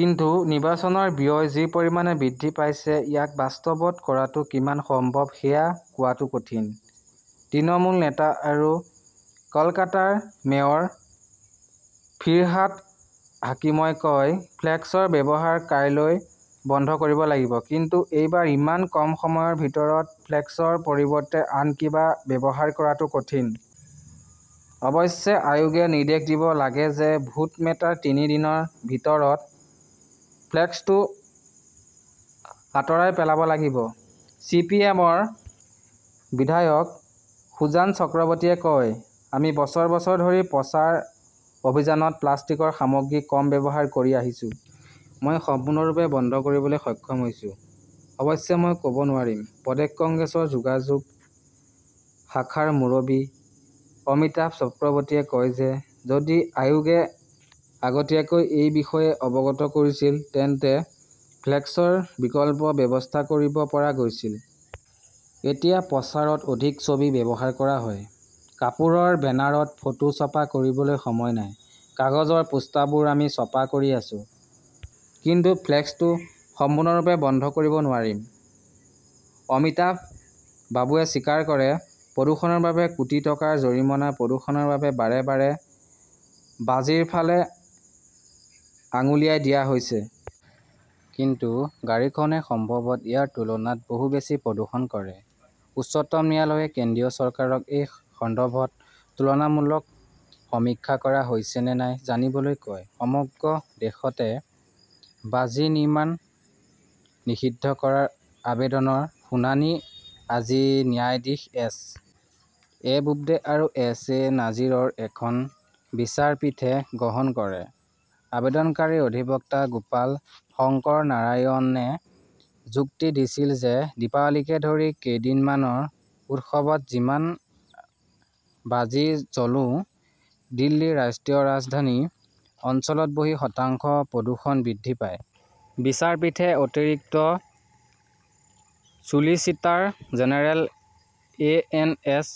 কিন্তু নিৰ্বাচনৰ ব্যয় যি পৰিমাণে বৃদ্ধি পাইছে, ইয়াক বাস্তৱত কৰাটো কিমান সম্ভৱ সেয়া কোৱাটো কঠিন। তৃণমূল নেতা আৰু কলকাতাৰ মেয়ৰ ফিৰহাদ হাকিমই কয়, "ফ্লেক্সৰ ব্যৱহাৰ কাইলৈ বন্ধ কৰিব লাগিব। কিন্তু এইবাৰ ইমান কম সময়ৰ ভিতৰত ফ্লেক্সৰ পৰিৱৰ্তে আন কিবা ব্যৱহাৰ কৰাটো কঠিন। অৱশ্যে আয়োগে নিৰ্দেশ দিব লাগে যে ভোট মেটাৰে তিনি দিনৰ ভিতৰত ফ্লেক্সটো আঁতৰাই পেলাব লাগিব। "চি. পি. এম. -ৰ বিধায়ক সুজান চক্ৰৱৰ্তীয়ে কয়", আমি বছৰ বছৰ ধৰি প্ৰচাৰ অভিযানত প্লাষ্টিকৰ সামগ্ৰী কম ব্যৱহাৰ কৰি আহিছো। মই সম্পূৰ্ণৰূপে বন্ধ কৰিবলৈ সক্ষম হৈছো, অৱশ্যে, মই ক 'ব নোৱাৰিম। "প্ৰদেশ কংগ্ৰেছৰ যোগাযোগ শাখাৰ মুৰব্বী অমিতাভ চক্ৰৱৰ্তীয়ে কয় যে যদি আয়োগে আগতীয়াকৈ এই বিষয়ে অৱগত কৰিছিল তেন্তে ফ্লেক্সৰ বিকল্প ব্যৱস্থা কৰিব পৰা গৈছিল। এতিয়া প্ৰচাৰত অধিক ছবি ব্যৱহাৰ কৰা হয়। কাপোৰৰ বেনাৰত ফটো ছপা কৰিবলৈ সময় নাই। "কাগজৰ পোষ্টাৰবোৰ আমি ছপা কৰি আছো। কিন্তু ফ্লেক্সটো সম্পূৰ্ণৰূপে বন্ধ কৰিব নোৱাৰিম ", অমিতাভ বাবুৱে স্বীকাৰ কৰে। প্ৰদূষণৰ বাবে কোটি টকাৰ জৰিমনা প্ৰদূষণৰ বাবে বাৰে বাৰে বাজিৰ ফালে আঙুলিয়াই দিয়া হৈছে। কিন্তু গাড়ীখনৱে সম্ভৱতঃ ইয়াৰ তুলনাত বহু বেছি প্ৰদূষণ কৰে। উচ্চতম ন্যায়ালয়ে কেন্দ্ৰীয় চৰকাৰক এই সন্দৰ্ভত তুলনামূলক সমীক্ষা কৰা হৈছে নে নাই জানিবলৈ কয়। সমগ্ৰ দেশতে বাজি নিৰ্মাণ নিষিদ্ধ কৰাৰ আবেদনৰ শুনানি আজি ন্যায়াধীশ এছ. এ. বোবদে আৰু এছ. এ. নাজিৰৰ এখন বিচাৰপীঠে গ্ৰহণ কৰে। আবেদনকাৰীৰ অধিবক্তা গোপাল শংকৰনাৰায়ণনে যুক্তি দিছিল যে দীপাৱলীকে ধৰি কেইদিনমানৰ উৎসৱত যিমান বাজি জ্বলো, দিল্লী ৰাষ্ট্ৰীয় ৰাজধানী অঞ্চলত বছৰি শতাংশ প্ৰদূষণ বৃদ্ধি পায়। বিচাৰপীঠে অতিৰিক্ত solicitor general A. N. S.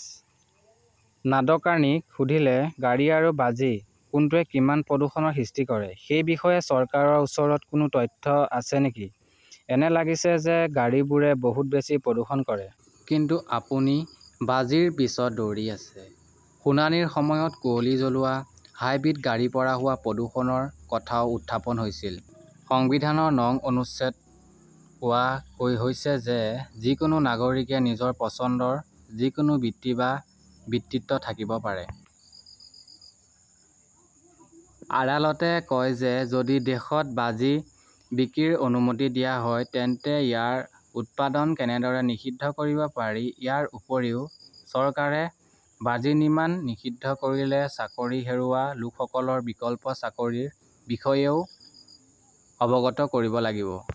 নাদকাৰ্ণীক সুধিলে, "গাড়ী আৰু বাজি, কোনটোৱে কিমান প্ৰদূষণৰ সৃষ্টি কৰে সেই বিষয়ে চৰকাৰৰ ওচৰত কোনো তথ্য আছে নেকি? এনে লাগিছে যে গাড়ীবোৰে বহুত বেছি প্ৰদূষণ কৰে। কিন্তু আপুনি বাজিৰ পিছত দৌৰি আছে। "শুনানিৰ সময়ত কুঁৱলী জ্বলোৱা, হাইব্ৰিড গাড়ীৰ পৰা হোৱা প্ৰদূষণৰ কথাও উত্থাপন হৈছিল। সংবিধানৰ নং অনুচ্ছেদত কোৱা হৈছে যে যিকোনো নাগৰিকে নিজৰ পচন্দৰ যিকোনো বৃত্তি বা বৃত্তিত থাকিব পাৰে। আদালতে কয় যে যদি দেশত বাজি বিক্ৰীৰ অনুমতি দিয়া হয়, তেন্তে ইয়াৰ উৎপাদন কেনেদৰে নিষিদ্ধ কৰিব পাৰি? ইয়াৰ উপৰিও, চৰকাৰে বাজি নিৰ্মাণ নিষিদ্ধ কৰিলে চাকৰি হেৰুওৱা লোকসকলৰ বিকল্প চাকৰিৰ বিষয়েও অৱগত কৰিব লাগিব।